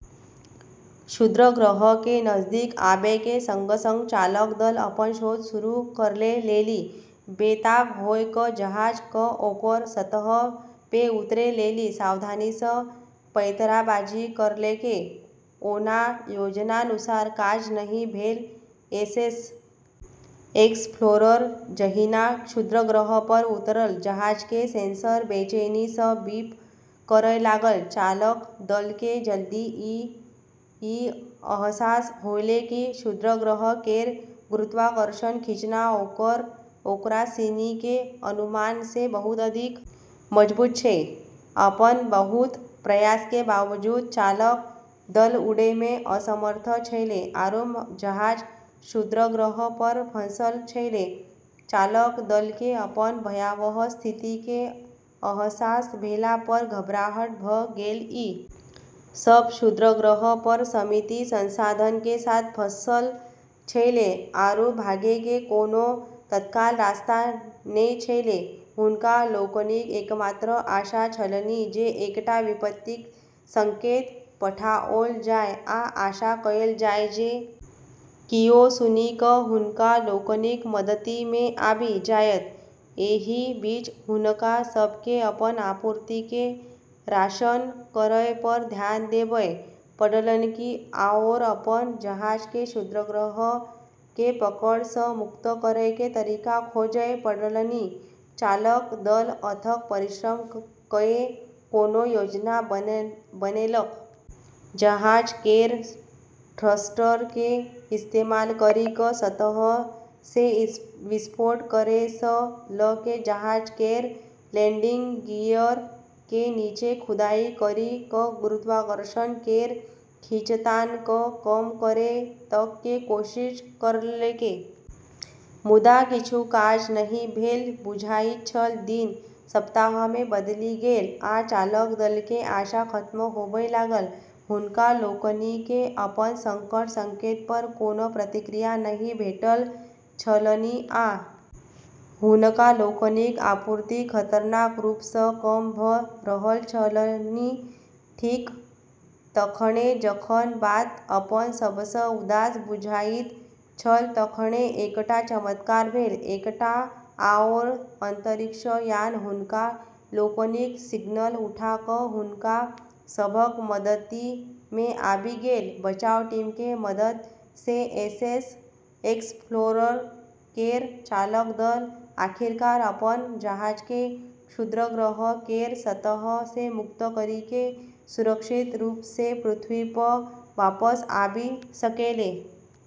क्षुद्रग्रह के नजदीक आबै के संग-संग चालक दल अपनऽ शोध शुरू करै लेली बेताब होय क जहाज क ओकरऽ सतह पे उतरै लेली सावधानी स पैंतराबाजी करलकै, ओना योजनानुसार काज नहि भेल, एसएस एक्सप्लोरर जहिना क्षुद्रग्रह पर उतरल, जहाज के सेंसर बेचैनी सं बीप करय लागल, चालक दल के जल्दी ही ई अहसास होलै कि क्षुद्रग्रह केरऽ गुरुत्वाकर्षण खींचना ओकरा सिनी के अनुमान से बहुत अधिक मजबूत छै, अपनऽ बहुत प्रयास के बावजूद चालक दल उड़ै में असमर्थ छेलै आरू जहाज क्षुद्रग्रह पर फंसलऽ छेलै, चालक दल के अपन भयावह स्थिति के अहसास भेला पर घबराहट भ गेल, ई सब क्षुद्रग्रह पर सीमित संसाधन के साथ फंसलऽ छेलै आरू भागै के कोनो तत्काल रास्ता नै छेलै, हुनका लोकनिक एकमात्र आशा छलनि जे एकटा विपत्तिक संकेत पठाओल जाय आ आशा कयल जाय जे कियो सुनि क हुनका लोकनिक मददि मे आबि जायत, एहि बीच हुनका सब के अपन आपूर्ति के राशन करय पर ध्यान देबय पड़लन्हि आओर अपन जहाज के क्षुद्रग्रह के पकड़ सं मुक्त करय के तरीका खोजय पड़लन्हि, चालक दल अथक परिश्रम कए कोनो योजना बनेलक। जहाज केरऽ थ्रस्टर के इस्तेमाल करी क सतह से विस्फोट करै सं ल के जहाज केरऽ लैंडिंग गियर के नीचें खुदाई करी कं गुरुत्वाकर्षण केरऽ खींचतान कं कम करै तक के कोशिश करलकै मुदा किछु काज नहि भेल बुझाइत छल, दिन सप्ताह मे बदलि गेल आ चालक दल के आशा खत्म होबय लागल, हुनका लोकनि केँ अपन संकट संकेत पर कोनो प्रतिक्रिया नहि भेटल छलनि आ हुनका लोकनिक आपूर्ति खतरनाक रूप सँ कम भ रहल छलनि, ठीक तखने जखन बात अपन सबसँ उदास बुझाइत छल तखने एकटा चमत्कार भेल, एकटा आओर अंतरिक्ष यान हुनका लोकनिक सिग्नल उठा क' हुनका सभक मददि मे आबि गेल, बचाव टीम के मदद से एसएस एक्सप्लोरर केरऽ चालक दल आखिरकार अपनऽ जहाज के क्षुद्रग्रह केरऽ सतह से मुक्त करी के सुरक्षित रूप से पृथ्वी प वापस आबी सकलै।